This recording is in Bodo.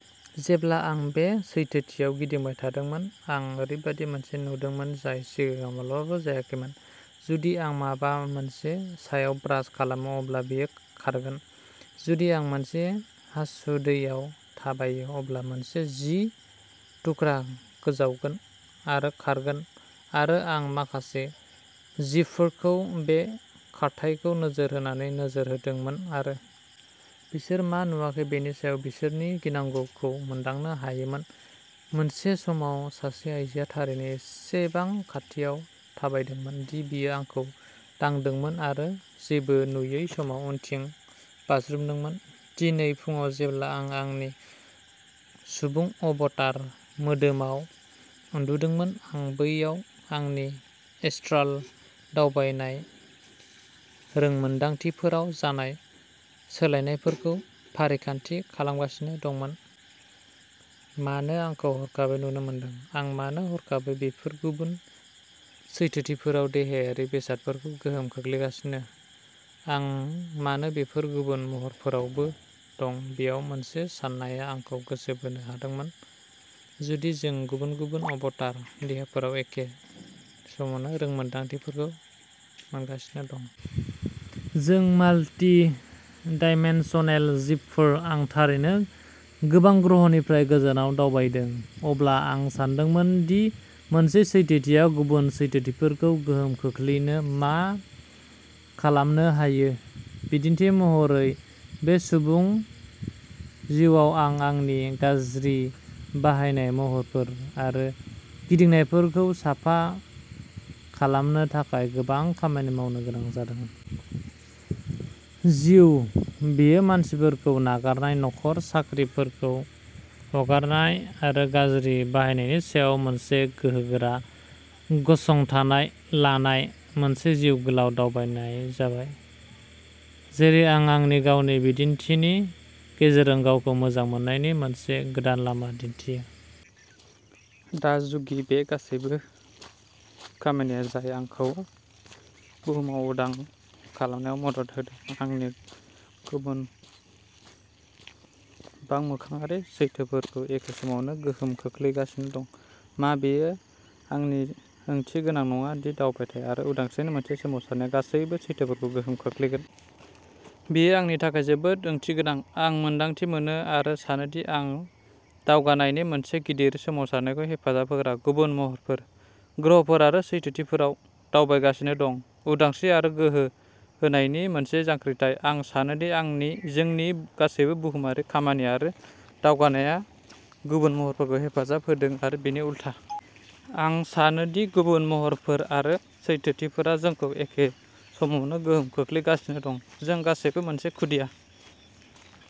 जेब्ला आं बे सैथोथियाव गिदिंबाय थादोंमोन, आं ओरैबायदि मोनसे नुदोंमोन जाय सिगाङाव माब्लाबाबो जायाखैमोन। जुदि आं माबा मोनसे सायाव ब्रास खालामो, अब्ला बेयो खारगोन। जुदि आं मोनसे हासुदैआव थाबायो, अब्ला मोनसे जि थुख्रा गोजावगोन आरो खारगोन, आरो आं माखासे जिबफोरखौ बे खारथायखौ नोजोर होनानै नोजोर होदोंमोन आरो। बिसोर मा नुवाखै बेनि सायाव बिसोरनि गिनांगौखौ मोनदांनो हायोमोन। मोनसे समाव सासे आइजोआ थारैनो एसेबां खाथियाव थाबायदोंमोन दि बियो आंखौ दांदोंमोन आरो जेबो नुयै समाव उनथिं बाज्रुमदोंमोन। दिनै फुंआव जेब्ला आं आंनि सुबुं अबतार मोदोमाव उन्दुदोंमोन, आं बैयाव आंनि एस्ट्राल दावबायनाय रोंमोनदांथिफोराव जानाय सोलायनायफोरखौ फारिखान्थि खालामगासिनो दंमोन। मानो आंखौ हरखाबै नुनो मोनदों? आं मानो हरखाबै बेफोर गुबुन सैथोथिफोराव देहायारि बेसादफोरखौ गोहोम खोख्लैगासिनो? आं मानो बेफोर गुबुन महरफोरावबो दं? बेयाव मोनसे साननाया आंखौ गोसो बोनो हादोंमोन। जुदि जों गुबुन-गुबुन अबतार देहाफोराव एखे समावनो रोंमोनदांथिफोरखौ मोनगासिनो दं? जों माल्टिडाइमेनशनेल जिबफोर, आं थारैनो गोबां ग्रहनिफ्राय गोजानाव दावबायदों। अब्ला आं सानदोंमोन दि मोनसे सैथोथिया गुबुन सैथोथिफोरखौ गोहोम खोख्लैनो मा खालामनो हायो। बिदिन्थि महरै, बे सुबुं जिउआव आं आंनि गाज्रि बाहायनाय महरफोर आरो गिदिंथायफोरखौ साफा खालामनो थाखाय गोबां खामानि मावनो गोनां जादों। जिउ। बेयो मानसिफोरखौ नागारनाय, नखर, साख्रिफोरखौ हगारनाय आरो गाज्रि बाहायनायनि सायाव मोनसे गोहोगोरा गसंथानाय लानाय मोनसे जिउ गोलाव दावबायनाय जाबाय, जेरै आं आंनि गावनि बिदिन्थिनि गेजेरजों गावखौ मोजां मोननायनि मोनसे गोदान लामा दिन्थियो। दा, जुदि बे गासैबो खामानिया जाय आंखौ बुहुमाव उदां खालामनायाव मदद होदों, आंनि गुबुन बांमोखाङारि सैथोफोरखौ एखे समावनो गोहोम खोख्लैगासिनो दं? मा बेयो ओंथिगोनां नङा दि दावगाथाय आरो उदांस्रिनि मोनसे सोमावसारनाया गासैबो सैथोफोरखौ गोहोम खोख्लैगोन? बेयो आंनि थाखाय जोबोद ओंथिगोनां। आं मोन्दांथि मोनो आरो सानोदि आं दावगाथायनि मोनसे गिदिर सोमावसारनायखौ हेफाजाब होग्रा गुबुन महरफोर, ग्रहफोर आरो सैथोथिफोराव दावबायगासिनो दं। उदांस्रि आरो गोहो होनायनि मोनसे जांख्रिथाय। आं सानोदि जोंनि गासैबो बुहुमारि खामानि आरो दावगानायआ गुबुन महरफोरखौबो हेफाजाब होदों आरो बिनि उलथा। आं सानो दि गुबुन महरफोर आरो सैथोथिफोरा जोंखौ एखे समावनो गोहोम खोख्लैगासिनो दं, जों गासैबो मोनसे खुदिया!